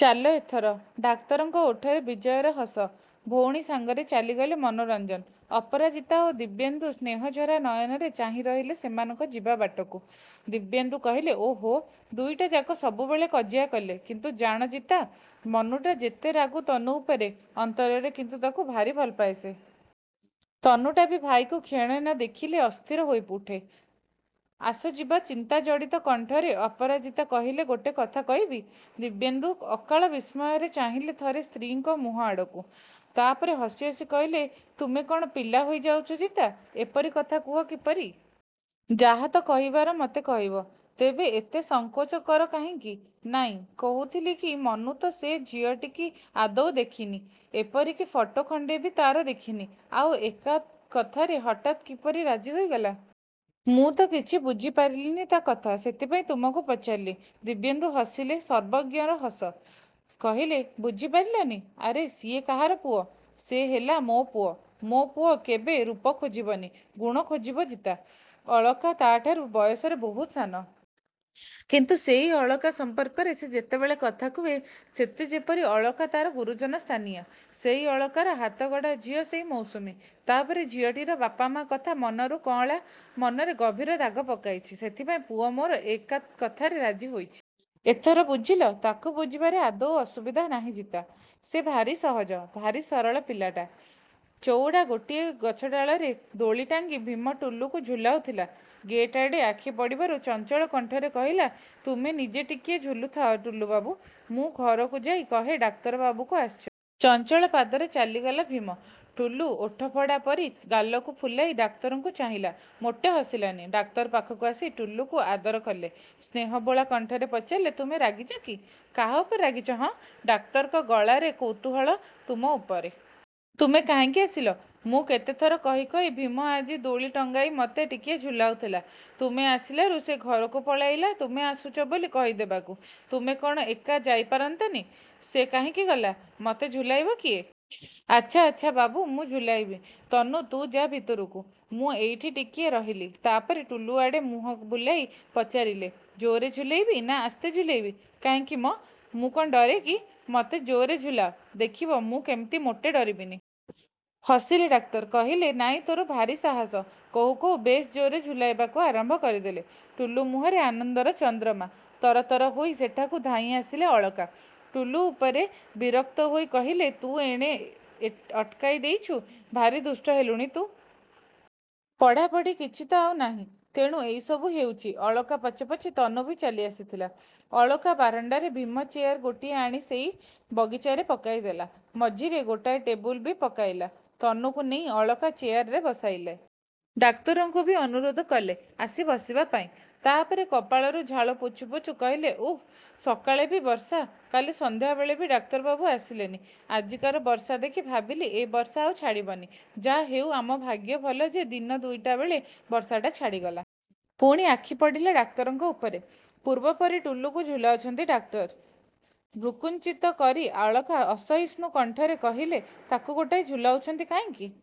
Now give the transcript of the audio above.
ଚାଲ ଏଥର। ଡାକ୍ତରଙ୍କ ଓଠରେ ବିଜୟର ହସ। ଭଉଣୀ ସାଙ୍ଗରେ ଚାଲିଗଲେ ମନୋରଞ୍ଜନ। ଅପରାଜିତା ଓ ଦିବ୍ୟେନ୍ଦୁ ସ୍ନେହଝରା ନୟନରେ ଚାହିଁ ରହିଲେ ସେମାନଙ୍କ ଯିବା ବାଟକୁ। ଦିବ୍ୟେନ୍ଦୁ କହିଲେ ଓହୋଃ, ଦୁଇଟାଯାକ ସବୁବେଳେ କଜିଆ କଲେ। କିନ୍ତୁ ଜାଣ ଜିତା, ମନୁଟା ଯେତେ ରାଗୁ ତନୁ ଉପରେ, ଅନ୍ତରରେ କିନ୍ତୁ ତାକୁ ଭାରି ଭଲପାଏ ସେ। ତନୁଟା ବି। ଭାଇକୁ କ୍ଷଣେ ନଦେଖିଲେ ଅସ୍ଥିର ହୋଇଉଠେ। ଆସ ଯିବା ଚିନ୍ତାଜଡ଼ିତ କଣ୍ଠରେ ଅପରାଜିତା କହିଲେ ଗୋଟେ କଥା କହିବି? ଦିବ୍ୟେନ୍ଦୁ ଅକାଳ ବିସ୍ମୟରେ ଚାହିଁଲେ ଥରେ ସ୍ତ୍ରୀଙ୍କ ମୁହଁଆଡ଼କୁ। ତାପରେ ହସି ହସି କହିଲେ ତୁମେ କ'ଣ ପିଲା ହୋଇଯାଉଛ ଜିତା। ଏପରି କଥା କୁହ କିପରି? ଯାହା ତ କହିବାର ମତେ କହିବ। ତେବେ ଏତେ ସଙ୍କୋଚ କର କାହିଁକି? ନାଇଁ, କହୁଥିଲି କି ମନୁ ତ ସେ ଝିଅଟିକି ଆଦୌ ଦେଖିନି, ଏପରିକି ଫଟୋ ଖଣ୍ଡେ ବି ତା'ର ଦେଖିନି, ଆଉ ଏକା କଥାରେ ହଠାତ୍ କିପରି ରାଜି ହୋଇଗଲା? ମୁଁ ତ କିଛି ବୁଝିପାରିଲିନି ତା' କଥା, ସେଥିପାଇଁ ତୁମକୁ ପଚାରିଲି। ଦିବ୍ୟେନ୍ଦୁ ହସିଲେ ସର୍ବଜ୍ଞର ହସ। କହିଲେ ବୁଝିପାରିଲନି? ଆରେ ସିଏ କାହାର ପୁଅ! ସେ ହେଲା ମୋ ପୁଅ, ମୋ ପୁଅ କେବେ ରୂପ ଖୋଜିବନି, ଗୁଣ ଖୋଜିବ ଜିତା। ଅଳକା ତାଠାରୁ ବୟସରେ ବହୁତ ସାନ। କିନ୍ତୁ ସେଇ ଅଳକା ସମ୍ପର୍କରେ ସେ ଯେତେବେଳେ କଥା କୁହେ, ସତେଯେପରି ଅଳକା ତା'ର ଗୁରୁଜନ ସ୍ଥାନୀୟା। ସେଇ ଅଳକାର ହାତଗଢ଼ା ଝିଅ ସେଇ ମୌସୁମୀ। ତା'ପରେ ଝିଅଟିର ବାପମାଆ କଥା ମନୁର କଅଁଳା ମନରେ ଗଭୀର ଦାଗ ପକାଇଛି। ସେଥିପାଇଁ ପୁଅ ମୋର ଏକା କଥାରେ ରାଜି ହୋଇଛି। ଏଥର ବୁଝିଲ? ତାକୁ ବୁଝିବାରେ ଆଦୌ ଅସୁବିଧା ନାହିଁ ଜିତା। ସେ ଭାରି ସହଜ, ଭାରି ସରଳ ପିଲା। ଚଉଡ଼ା ଗୋଟିଏ ଗଛଡାଳରେ ଦୋଳି ଟାଙ୍ଗି ଭୀମ ଟୁଲୁକୁ ଝୁଲାଉଥିଲା। ଗେଟ୍ ଆଡ଼େ ଆଖିପଡ଼ିବାରୁ ଚଞ୍ଚଳ କଣ୍ଠରେ କହିଲା ତୁମେ ନିଜେ ଟିକିଏ ଝୁଲୁଥାଅ ଟୁଲୁବାବୁ, ମୁଁ ଘରକୁ ଯାଇ କହେ ଡାକ୍ତରବାବୁ ଆସିଛନ୍ତି। ଚଞ୍ଚଳ ପାଦରେ ଚାଲିଗଲା ଭୀମ। ଟୁଲୁ ଓଠ ଫଡ଼ା ପରି ଗାଲକୁ ଫୁଲାଇ ଡାକ୍ତରଙ୍କୁ ଚାହିଁଲା, ମୋଟେ ହସିଲାନି। ଡାକ୍ତର ପାଖକୁ ଆସି ଟୁଲୁକୁ ଆଦର କଲେ। ସ୍ନେହବୋଳା କଣ୍ଠରେ ପଚାରିଲେ, ତୁମେ ରାଗିଛ କି? କାହା ଉପରେ ରାଗିଛ ହଁ? ଡାକ୍ତରଙ୍କ ଗଳାରେ କୌତୂହଳ। ତୁମ ଉପରେ। ତୁମେ କାହିଁକି ଆସିଲ? ମୁଁ କେତେଥର କହି କହି ଭୀମ ଆଜି ଦୋଳି ଟଙ୍ଗାଇ ମୋତେ ଟିକିଏ ଝୁଲାଉଥିଲା। ତୁମେ ଆସିଲାରୁ ସେ ଘରକୁ ପଳାଇଲା ତୁମେ ଆସୁଛ ବୋଲି କହିଦେବାକୁ। ତୁମେ କ'ଣ ଏକା ଯାଇପାରନ୍ତନି? ସେ କାହିଁକି ଗଲା? ମତେ ଝୁଲାଇବ କିଏ? ଆଚ୍ଛା ଆଚ୍ଛା ବାବୁ ମୁଁ ଝୁଲାଇବି। ତନୁ ତୁ ଯାଆ ଭିତରକୁ, ମୁଁ ଏଇଠି ଟିକିଏ ରହିଲି। ତାପରେ ଟୁଲୁଆଡ଼େ ମୁହଁ ବୁଲାଇ ପଚାରିଲେ ଜୋରରେ ଝୁଲାଇବି, ନା ଆସ୍ତେ ଝୁଲାଇବି? କାହିଁକି ମଁ, ମୁଁ କ'ଣ ଡରେକି। ମୋତେ ଜୋରରେ ଝୁଲାଅ। ଦେଖିବ ମୁଁ କେମିତି ମୋଟେ ଡରିବିନି। ହସିଲେ ଡାକ୍ତର। କହିଲେ ନାହିଁ ତୋର ଭାରି ସାହସ। କହୁ କହୁ ବେଶ୍ ଜୋରରେ ଝୁଲାଇବାକୁ ଆରମ୍ଭ କରିଦେଲେ। ଟୁଲୁ ମୁହଁରେ ଆନନ୍ଦର ଚନ୍ଦ୍ରମା। ତରତର ହୋଇ ସେଠାକୁ ଧାଇଁଆସିଲେ ଅଳକା। ଟୁଲୁ ଉପରେ ବିରକ୍ତ ହୋଇ କହିଲେ ତୁ ଏଣେ ଅଟକାଇ ଦେଇଛୁ? ଭାରି ଦୁଷ୍ଟ ହେଲୁଣି ତ। ପଢ଼ାପଢ଼ି କିଛି ତ ଆଉ ନାହିଁ। ତେଣୁ ଏଇସବୁ ହେଉଛି। ଅଳକା ପଛେ ପଛେ ତନୁ ବି ଚାଲିଆସିଥିଲା। ଅଳକା ବରାଣ୍ଡାରେ ଭୀମ ଚେୟାର ଗୋଟିଏ ଆଣି ସେଇ ବଗିଚାରେ ପକାଇଦେଲା। ମଝିରେ ଗୋଟାଏ ଟେବୁଲ୍ ବି ପକାଇଲା। ତନୁକୁ ନେଇ ଅଳକା ଚେୟାରରେ ବସାଇଦେଲେ। ଡାକ୍ତରଙ୍କୁ ବି ଅନୁରୋଧ କଲେ ଆସି ବସିବାପାଇଁ। ତାପରେ କପାଳରୁ ଝାଳ ପୋଛୁ ପୋଛୁ କହିଲେ ଉଃ, ସକାଳେ ବି ବର୍ଷା! କାଲି ସନ୍ଧ୍ୟାବେଳେ ଡାକ୍ତରବାବୁ ଆସିଲେନି। ଆଜିକାର ବର୍ଷା ଦେଖି ଭାବିଲି ଏ ବର୍ଷା ଆଉ ଛାଡ଼ିବନି। ଯାହାହେଉ ଆମ ଭାଗ୍ୟ ଭଲ ଯେ ଦିନ ଦୁଇଟାବେଳେ ବର୍ଷାଟା ଛାଡ଼ିଗଲା। ପୁଣି ଆଖିପଡ଼ିଲା ଡାକ୍ତରଙ୍କ ଉପରେ। ପୂର୍ବ ପରି ଟୁଲୁକୁ ଝୁଲାଉଛନ୍ତି ଡାକ୍ତର। ଭ୍ରୂକୁଞ୍ଚିତ କରି ଅଳକା ଅସହିଷ୍ଣୁ କଣ୍ଠରେ କହିଲେ ତାକୁ ଗୋଟାଏ ଝୁଲାଉଛନ୍ତି କାହିଁକି?